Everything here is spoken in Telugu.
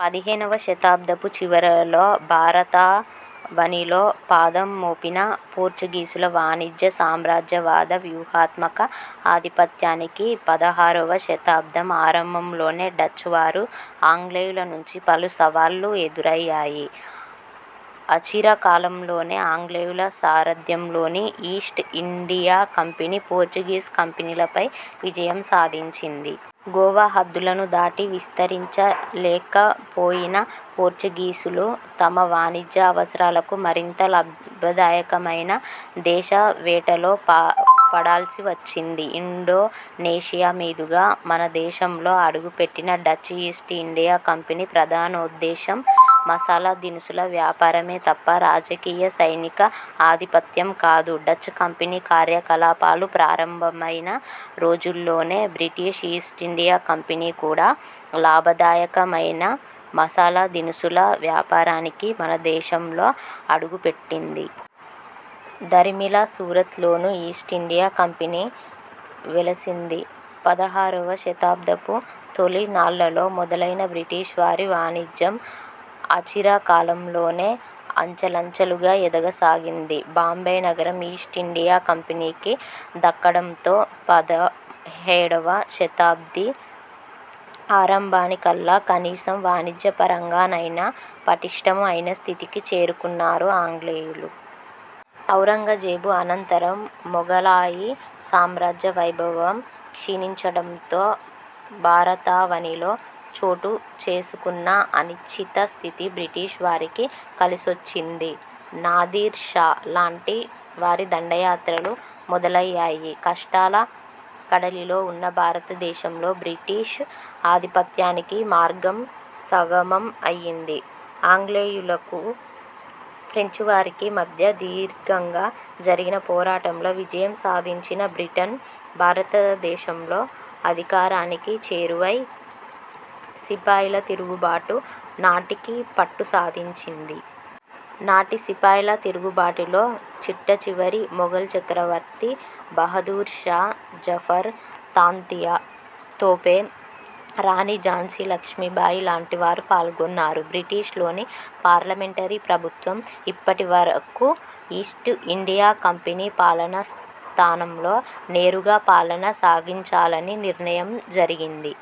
పదిహేనవ శతాబ్దపు చివరలో భారతావనిలో పాదం మోపిన పోర్చుగీసుల వాణిజ్య- సామ్రాజ్య వాద వ్యూహాత్మక ఆధిపత్యానికి పదహారవ శతాబ్దం ఆరంభంలోనే డచ్ వారు, -ఆంగ్లేయుల నుంచి పలు సవాళ్లు ఎదురయ్యాయి. అచిర కాలంలోనే ఆంగ్లేయుల సారథ్యంలోని ఈస్ట్ ఇండియా కంపెనీ, పోర్చుగీస్ కంపెనీలపై విజయం సాధించింది. గోవా హద్దులను దాటి విస్తరించ లేకపోయిన పోర్చుగీసులు తమ వాణిజ్య అవసరాలకు మరింత లబ్బదాయకమైన దేశ వేటలో పడాల్సి వచ్చింది. ఇండొనేషియా మీదుగా మనదేశంలో అడుగుపెట్టిన డచ్ ఈస్ట్ ఇండియా కంపెనీ ప్రధానోద్దేశం మసాలా దినుసుల వ్యాపారమే తప్ప రాజకీయ-సైనిక ఆధిపత్యం కాదు. డచ్ కంపెనీ కార్యకలాపాలు ప్రారంభమైన రోజుల్లోనే, బ్రిటీష్ ఈస్ట్ ఇండియా కంపెనీ కూడా లాభదాయకమైన మసాలా దినుసుల వ్యాపారానికి మన దేశంలో అడుగుపెట్టింది. దరిమిలా సూరత్ లోనూ ఈస్ట్ ఇండియా కంపెనీ వెలసింది. పదహారవ శతాబ్దపు తొలి నాళ్లలో మొదలైన బ్రిటీష్ వారి వాణిజ్యం అచిర కాలంలోనే అంచెలంచెలుగా ఎదగసాగింది. బాంబే నగరం ఈస్ట్ ఇండియా కంపెనీకి దక్కడంతో, పదహేడవ శతాబ్ది ఆరంభానికల్లా, కనీసం వాణిజ్యపరంగానైనా పటిష్ఠముఅయిన స్థితికి చేరుకున్నారు ఆంగ్లేయులు. ఔరంగజేబు అనంతరం మొగలాయి సామ్రాజ్య వైభవం క్షీణించడంతో భారతావనిలో చోటుచేసుకున్న అనిశ్చిత స్థితి బ్రిటీష్ వారికి కలిసొచ్చింది. నాధీర్ షా లాంటి వారి దండయాత్రలు మొదలయ్యాయి. కష్టాల కడలిలో ఉన్న భారతదేశంలో బ్రిటిష్ ఆధిపత్యానికి మార్గం సుగమం అయింది. ఆంగ్లేయులకు, ఫ్రెంచ్ వారికి మధ్య దీర్ఘంగా జరిగిన పోరాటంలో విజయం సాధించిన బ్రిటన్ భారత దేశంలో అధికారానికి చేరువై, సిపాయిల తిరుగుబాటు నాటికి పట్టు సాధించింది. నాటి సిపాయిల తిరుగుబాటులో చిట్టచివరి మొఘల్ చక్రవర్తి బహదూర్ షా జఫర్, తాంతియా తోపే, రాణి ఝాన్సీ లక్ష్మి బాయి లాంటి వారు పాల్గొన్నారు. బ్రిటిష్ లోని పార్లమెంటరీ ప్రభుత్వం, ఇప్పటివరకు ఈస్ట్ ఇండియా కంపెనీ పాలన స్థానంలో, నేరుగా పాలన సాగించాలని నిర్ణయం జరిగింది.